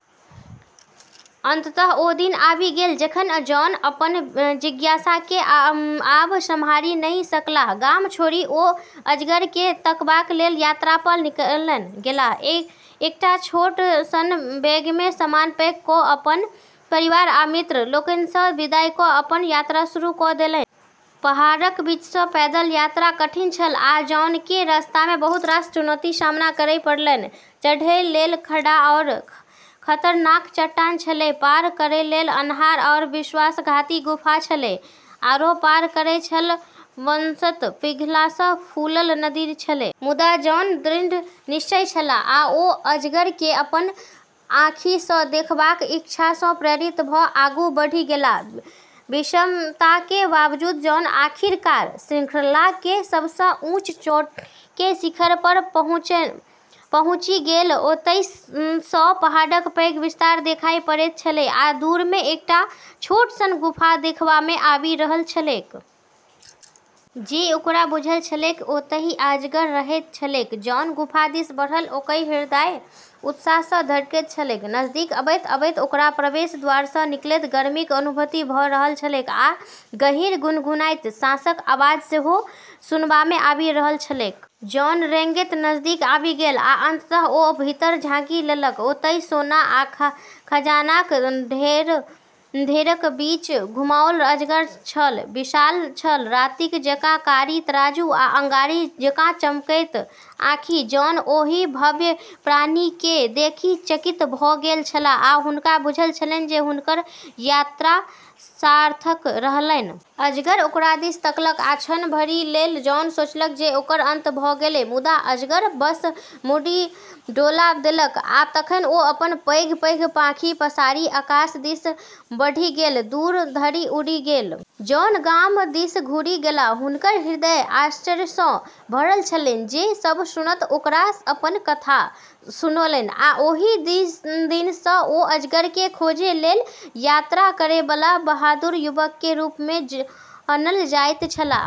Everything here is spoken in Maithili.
अंततः ओ दिन आबि गेल जखनि जॉन अपन जिज्ञासाकेँ आब सम्हारि नहि सकलाह। गाम छोड़ि ओ अजगरकेँ तकबाक लेल यात्रा पर निकलि गेलाह। एकटा छोट सन बैगमे सामान पैक क' अपन परिवार आ मित्र लोकनिसँ विदाइ क' अपन यात्रा शुरू क' देलनि। पहाड़क बीचसँ पैदल यात्रा कठिन छल, आ जॉनके रस्तामे बहुत रास चुनौतीके सामना करय पड़लनि। चढ़ै लेल खड़ा आओर खतरनाक चट्टान छलै, पार करै लेल अन्हार आओर विश्वासघाती गुफा छलै, आरो पार करै लेल वसंत पिघललासँ फूलल नदी छलै। मुदा जॉन दृढ़ निश्चयी छलाह, आ ओ अजगरकेँ अपन आँखिसँ देखबाक इच्छासँ प्रेरित भ' आगू बढ़ि गेलाह। विषमताके बावजूद जॉन आखिरकार श्रृंखलाके सबसँ ऊँच चोटीके शिखर पर पहुँचि गेल। ओतयसँ पहाड़क पैघ विस्तार देखाइ पड़ैत छलैक आ दूरमे एकटा छोट सन गुफा देखबामे आबि रहल छलैक। जे, ओकरा बुझल छलैक, ओतहि अजगर रहैत छलैक। जॉन गुफा दिस बढ़ल, ओकर हृदय उत्साहसँ धड़कैत छलैक। नजदीक अबैत-अबैत ओकरा प्रवेश द्वारसँ निकलैत गर्मीक अनुभूति भ' रहल छलैक, आ गहीँर, गुनगुनाइत साँसक आवाज सेहो सुनबामे आबि रहल छलैक। जॉन रेंगैत नजदीक आबि गेल, आ अंततः ओ भीतर झाँकि लेलक। ओतय सोना आ खजानाक ढेरक बीच घुमाओल अजगर छल। विशाल छल, राति जकाँ कारी तराजू आ अंगारी जकाँ चमकैत आँखि। जॉन ओहि भव्य प्राणीकेँ देखि चकित भ' गेल छलाह, आ हुनका बुझल छलनि जे हुनकर यात्रा सार्थक रहलनि। अजगर ओकरा दिस तकलक, आ क्षण भरि लेल जॉन सोचलक जे ओकर अंत भ' गेलै। मुदा अजगर बस मुड़ी डोला देलक, आ तखन ओ अपन पैघ-पैघ पाँखि पसारि आकाश दिस बढ़ि गेल, दूर धरि उड़ि गेल। जॉन गाम दिस घुरि गेलाह, हुनकर हृदय आश्चर्यसँ भरल छलनि। जे सब सुनत, ओकरा अपन कथा सुनौलनि आ ओहि दिनसँ ओ अजगरके खोजै लेल यात्रा करैबला बहादुर युवकके रूपमे जानल जाइत छलाह।